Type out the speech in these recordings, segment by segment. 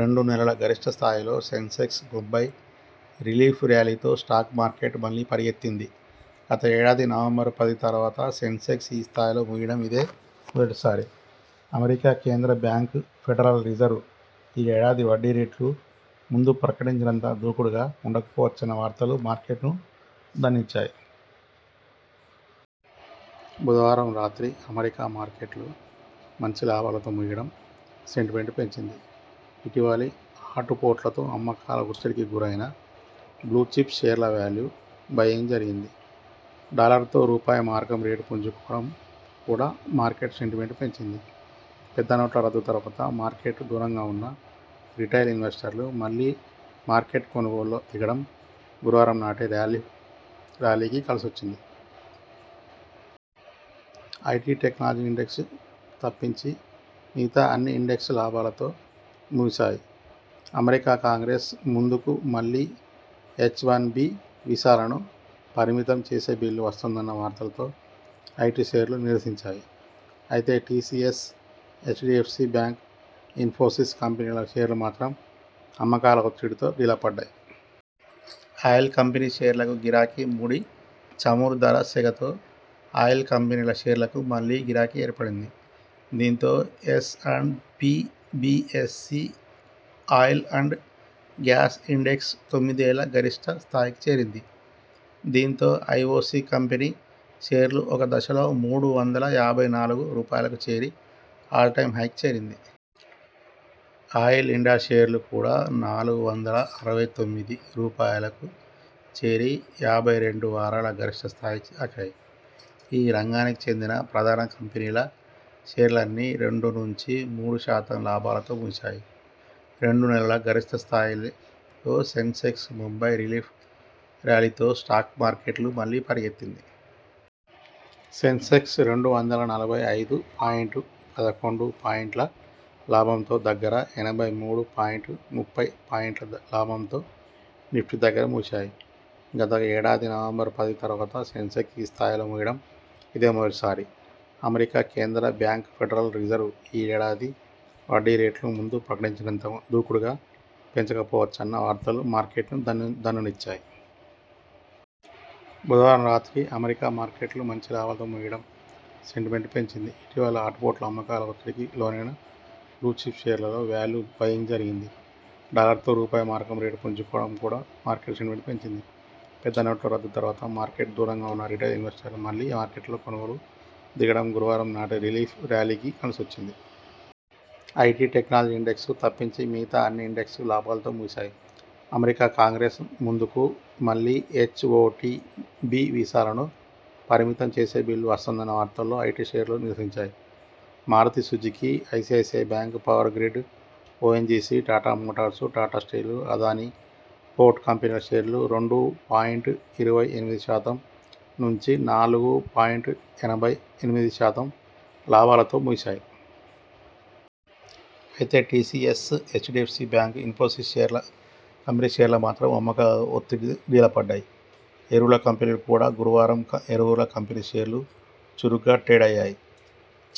రెండు నెలల గరిష్ఠ స్థాయిలో సెన్సెక్స్ ముంబై రిలీఫ్ ర్యాలీతో స్టాక్ మార్కెట్ మళ్లీ పరిగెత్తింది. గత ఏడాది నవంబర్ పది తర్వాత సెన్సెక్స్ ఈ స్థాయిలో ముగియడం ఇదే మొదటిసారి. అమెరికా కేంద్ర బ్యాంక్ 'ఫెడరల్ రిజర్వ్' ఈ ఏడాది వడ్డీ రేట్లు ముందు ప్రకటించినంత దూకుడుగా ఉండాకపోవచ్చన్న వార్తలు మార్కెట్కు దనిచ్చాయి. బుధవారం రాత్రి అమెరికా మార్కెట్లు మంచి లాభాలతో ముగియడం సెంటిమెంట్ను పెంచింది. ఇటీవలి ఆటుపోట్లతో అమ్మకాల ఒత్తిడికి లోనైన బ్లూచిప్ షేర్లలో వాల్యూ బైయింగ్ జరిగింది. డాలర్తో రూపాయి మారకం రేటు పుంజుకోవడం కూడా మార్కెట్ సెంటిమెంట్ను పెంచింది. పెద్ద నోట్ల రద్దు తర్వాత మార్కెట్కు దూరంగా ఉన్న రిటైల్ ఇన్వెస్టర్లు మళ్లీ మార్కెట్లో కొనుగోళ్లకు దిగడం గురువారం నాటి ర్యాలీకి కలిసొచ్చింది. ఐటి, టెక్నాలజీ ఇండెక్స్లు తప్పించి మిగతా అన్ని ఇండెక్స్లు లాభాలతో ముగిశాయి. అమెరికా కాంగ్రెస్ ముందుకు మళ్లీ హెచ్-ఒనెబి వీసాలను పరిమితం చేసే బిల్లు వస్తోందన్న వార్తలతో ఐటి షేర్లు నీరసించాయి. అయితే టిసిఎస్, హెచ్డిఎఫ్సి బ్యాంక్, ఇన్ఫోసిస్ కంపెనీల షేర్లు మాత్రం అమ్మకాల ఒత్తిడితో డీలా పడ్డాయి. ఆయిల్ కంపెనీల షేర్లకు గిరాకీ ముడి చమురు ధర సెగతో ఆయిల్ కంపెనీల షేర్లకు మళ్లీ గిరాకీ ఏర్పడింది. దీంతో S and P BSE Oil and Gas Index తొమ్మిదేళ్ల గరిష్ఠ స్థాయికి చేరింది. దీంతో ఐఒసి కంపెనీ షేర్లు ఒక దశలో మూడు వందల యాభై నాలుగు రూపాయలుకు చేరి ఆల్ టైమ్ హైకి చేరింది. ఆయిల్ ఇండియా షేర్లు కూడా నాలుగు వందల అరవై తొమ్మిది రూపాయలుకు చేరి యాభై రెండు వారాల గరిష్ఠ స్థాయిని తాకాయి. ఈ రంగానికి చెందిన ప్రధాన కంపెనీల షేర్లన్నీ రెండు నుంచి మూడు శాతం లాభాలతో ముగిశాయి. రెండు నెలల గరిష్ఠ స్థాయిలో సెన్సెక్స్ ముంబై రిలీఫ్ ర్యాలీతో స్టాక్ మార్కెట్లు మళ్లీ పరిగెత్తింది. సెన్సెక్స్ రెండు వందల నలభై ఐదు పాయింట్ పదకొండు పాయింట్ల లాభంతో దగ్గర, ఎనభై మూడు పాయింట్ ముప్పై పాయింట్ల లాభంతో నిఫ్టీ దగ్గర ముగిశాయి. గత ఏడా ది నవంబర్ పది తర్వాత సెన్సెక్స్ ఈ స్థాయిలో ముగియడం ఇదే మొదటిసారి. అమెరికా కేంద్ర బ్యాంక్ 'ఫెడరల్ రిజర్వ్' ఈ ఏడాది వడ్డీ రేట్లు ముందు ప్రకటించినంత దూకుడుగా పెంచకపోవచ్చన్న వార్తలు మార్కెట్కు దన్నునిచ్చాయి. బుధవారం రాత్రి అమెరికా మార్కెట్లు మంచి లాభాలతో ముగియడం సెంటిమెంట్ను పెంచింది. ఇటీవలి ఆటుపోట్లతో అమ్మకాల ఒత్తిడికి లోనైన బ్లూచిప్ షేర్లలో వాల్యూ బైయింగ్ జరిగింది. డాలర్తో రూపాయి మారకం రేటు పుంజుకోవడం కూడా మార్కెట్ సెంటిమెంట్ను పెంచింది. పెద్ద నోట్ల రద్దు తర్వాత మార్కెట్కు దూరంగా ఉన్న రిటైల్ ఇన్వెస్టర్లు మళ్లీ మార్కెట్లో కొనుగోళ్లకు దిగడం గురువారం నాటి రిలీఫ్ ర్యాలీకి కలిసొచ్చింది. ఐటి, టెక్నాలజీ ఇండెక్స్లు తప్పించి మిగతా అన్ని ఇండెక్స్లు లాభాలతో ముగిశాయి. అమెరికా కాంగ్రెస్ ముందుకు మళ్లీ హెచ్-ఒకటిబి వీసాలను పరిమితం చేసే బిల్లు వస్తోందన్న వార్తలతో ఐటి షేర్లు నీరసించాయి. Maruti Suzuki, ICICI Bank, Power Grid, ONGC, Tata Motors, Tata Steel, Adani Ports కంపెనీల షేర్లు రెండు పాయింట్ ఇరవై ఎనిమిది శాతం నుంచి నాలుగు పాయింట్ ఎనభై ఎనిమిది శాతం లాభాలతో ముగిశాయి. అయితే టిసిఎస్, హెచ్డిఎఫ్సి బ్యాంక్, ఇన్ఫోసిస్ కంపెనీల షేర్లు మాత్రం అమ్మకాల ఒత్తిడితో డీలాపడ్డాయి. ఎరువుల కంపెనీలు కూడా గురువారం ఎరువుల కంపెనీల షేర్లూ చురుగ్గా ట్రేడయ్యాయి.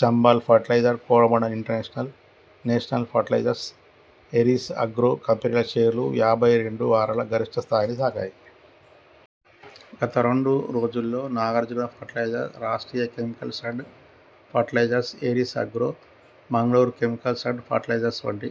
Chambal Fertilisers, Coromandel International, National Fertilisers, Aries Agro కంపెనీల షేర్లు యాభై రెండు వారాల గరిష్ఠ స్థాయిని తాకాయి. గత రెండు రోజుల్లో Nagarjuna Fertilisers, Rashtriya Chemicals and Fertilisers, Aries Agro, Mangaluru Chemicals and Fertilisers వంటి